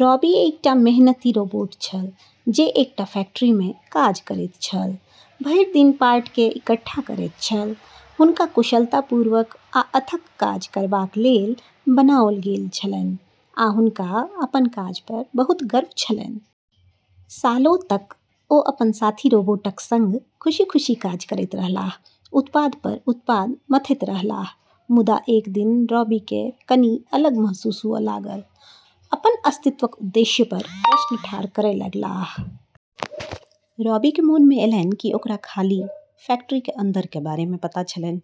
Robbie एकटा मेहनती robot छल जे एकटा फैक्टरीमे काज करैत छल, भरि दिन पार्टके इकट्ठा करैत छल। हुनका कुशलतापूर्वक आ अथक काज करबाक लेल बनाओल गेल छलनि, आ हुनका अपन काज पर बहुत गर्व छलनि। सालों तक ओ अपन साथी रोबोटक सङ्ग खुशी-खुशी काज करैत रहलाह, उत्पाद पर उत्पाद मथैत रहलाह । मुदा एक दिन, रॉबीके कनि अलग महसूस हुअ' लागल । अपन अस्तित्वक उद्देश्य पर प्रश्न ठाढ़ करय लगलाह। रॉबीक मोनमे एलनि कि ओकरा खाली फैक्टरिक अन्दरक बारेमे पता छलनि,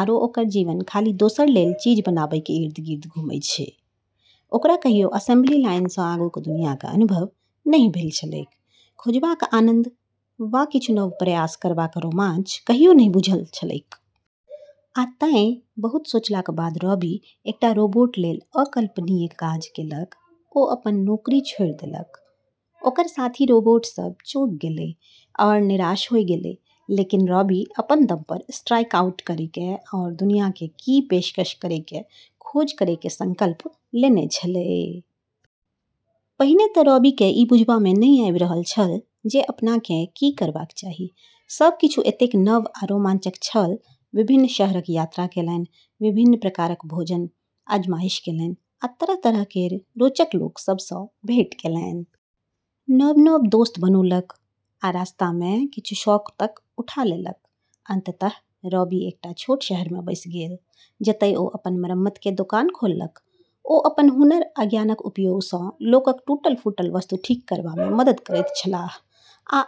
आरो ओकर जीवन खाली दोसरा लेल चीज बनाबैके इर्द-गिर्द घूमै छै। ओकरा कहियो असेंबली लाइनसँ आगूक दुनियाँक अनुभव नहि भेल छलैक, खोजबाक आनन्द, वा किछु नव प्रयास करबाक रोमांच कहियो नहि बुझल छलैक। आ तैं, बहुत सोचलाक बाद, रॉबी एकटा रोबोट लेल अकल्पनीय काज केलक ओ अपन नौकरी छोड़ि देलक. ओकर साथी रोबोट सब चौंकि गेलै आओर निराश होय गेलै, लेकिन रॉबी अपन दम पर स्ट्राइक आउट करैके आओर दुनियाके की पेशकश करैके खोज करैके संकल्प लेने छेलै। पहिने तऽ रॉबीकेँ ई बुझबामे नहि आबि रहल छल जे अपनाकेँ की करबाक चाही। सब किछु एतेक नव आ रोमांचक छल! विभिन्न शहरक यात्रा केलनि, विभिन्न प्रकारक भोजनक आज़माइश केलनि, आ तरह-तरह केर रोचक लोक सभसँ भेँट केलनि। नव-नव दोस्त बनौलक आ रस्तामे किछु शौक तक उठा लेलक। अन्ततः रॉबी एकटा छोट शहरमे बसि गेल जतय ओ अपन मरम्मतके दोकान खोललक। ओ अपन हुनर आ ज्ञानक उपयोगसँ लोकक टूटल-फूटल वस्तु ठीक करबामे मदद करैत छलाह, आ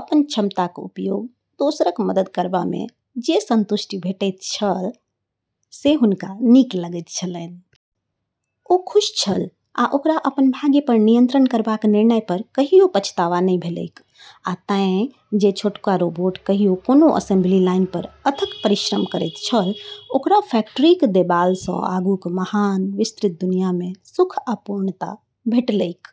अपन क्षमताक उपयोग दोसरक मदद करबामे जे संतुष्टि भेटैत छल, से हुनका नीक लगैत छलनि। ओ खुश छल, आ ओकरा अपन भाग्य पर नियंत्रण करबाक निर्णय पर कहियो पछतावा नहि भेलैक। आ तैं, जे छोटका रोबोट कहियो कोनो असेंबली लाइन पर अथक परिश्रम करैत छल, ओकरा फैक्ट्रीक देबालसँ आगूक महान, विस्तृत दुनियामे सुख आ पूर्णता भेटलैक ।